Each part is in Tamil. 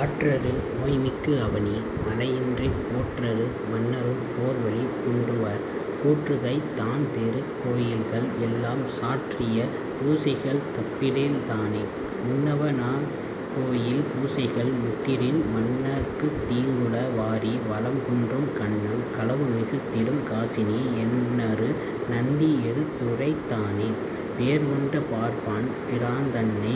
ஆற்றரு நோய்மிக்கு அவனி மழையின்றிப் போற்றரு மன்னரும் போர்வலி குன்றுவர் கூற்றுதைத் தான்திருக் கோயில்கள் எல்லாம் சாற்றிய பூசைகள் தப்பிடில் தானே. முன்னவ னார்கோயில் பூசைகள் முட்டிடின் மன்னர்க்குத் தீங்குள.. வாரி வளம்குன்றும் கன்னம் களவு மிகுத்திடும் காசினி என்னரு நந்தி எடுத்துரைத் தானே. பேர்கொண்ட பார்ப்பான் பிரான்தன்னை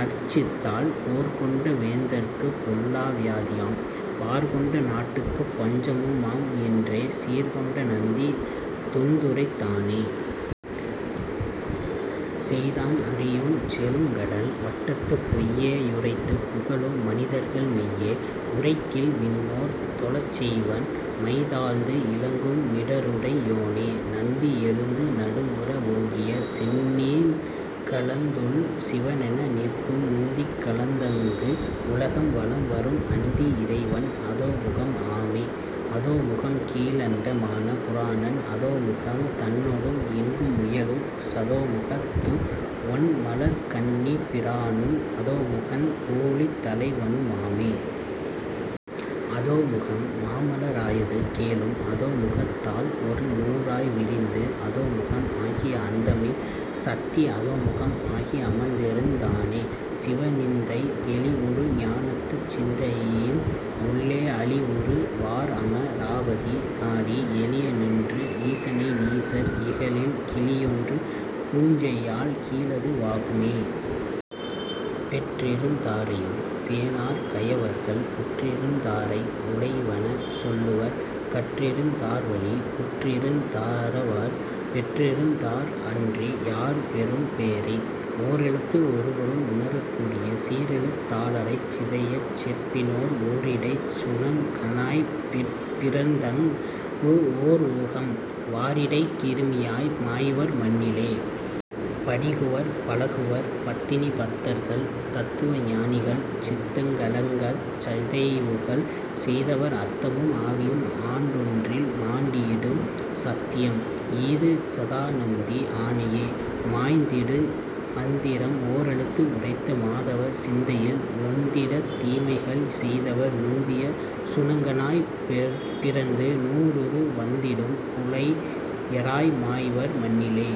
அர்ச்சித்தால் போர்கொண்ட வேந்தர்க்குப் பொல்லா வியாதியாம் பார்கொண்ட நாட்டுக்குப் பஞ்சமு மாம்என்றே சீர்க்கொண்ட நந்தி தொந்துரைத் தானே... செய்தான் அறியுஞ் செழுங்கடல் வட்டத்துப் பொய்யே யுரைத்துப் புகழும் மனிதர்கள் மெய்யே உரைக்கில் விண்ணோர் தொழச்செய்வன் மைதாழ்ந்து இலங்கும் மிடறுடை யோனே. நந்தி எழுந்து நடுவுற ஓங்கிய செந்தீக் கலந்துள் சிவனென நிற்கும் முந்திக் கலந்தங்கு உலகம் வலம்வரும் அந்தி இறைவன் அதோமுகம் ஆமே. அதோமுகம் கீழண்ட மான புராணன் அதோமுகம் தன்னொடும் எங்கும் முயலும் சதோமுகத்து ஒண்மலர்க் கண்ணிப் பிரானும் அதோமுகன் ஊழித் தலைவனு மாமே. அதோமுகம் மாமல ராயது கேளும் அதோமுகத் தால் ஒரு நூறாய் விரிந்து அதோமுகம் ஆகிய அந்தமில் சத்தி அதோமுகம் ஆகி அமர்ந்திருந்தானே... சிவ நிந்தை... தெளிவுறு ஞானத்துச் சிந்தையின் உள்ளே அளிவுறு வார்அம ராபதி நாடி எளியனென்று ஈசனை நீசர் இகழில் கிளியொன்று பூஞையால் கீழது வாகுமே. பெற்றிருந் தாரையும் பேணார் கயவர்கள் உற்றிருந் தாரை உளைவன சொல்லுவர் கற்றிருந் தார்வழி உற்றிருந்தாரவர் பெற்றிருந் தார்அன்றி யார்பெறும் பேறே. ஓரெழுத்து ஒருபொருள் உணரக் கூறிய சீரெழுத் தாளரைச் சிதையச் செப்பினோர் ஊரிடைச் சுணங்கனாய்ப் பிறந்தங்கு ஓர்உகம்.. வாரிடைக் கிருமியாய்.. மாய்வர் மண்ணிலே.. படிகுவர், பழகுவர். பத்தினி பத்தர்கள் தத்துவ ஞானிகள் சித்தங் கலங்கச் சிதைவுகள் செய்தவர் அத்தமும் ஆவியும் ஆண்டொன்றில்.. மாண்டிடும் சத்தியம்.. ஈது சதாநந்தி ஆணையே.. மாய்ந்திடு. மந்திரம் ஓரெழுத்து உரைத்த மாதவர் சிந்தையில் நொந்திடத் தீமைகள் செய்தவர் நுந்திய சுணங்கனாய்ப் பிறந்து நூறுரு வந்திடும் புலையராய் மாய்வர் மண்ணிலே.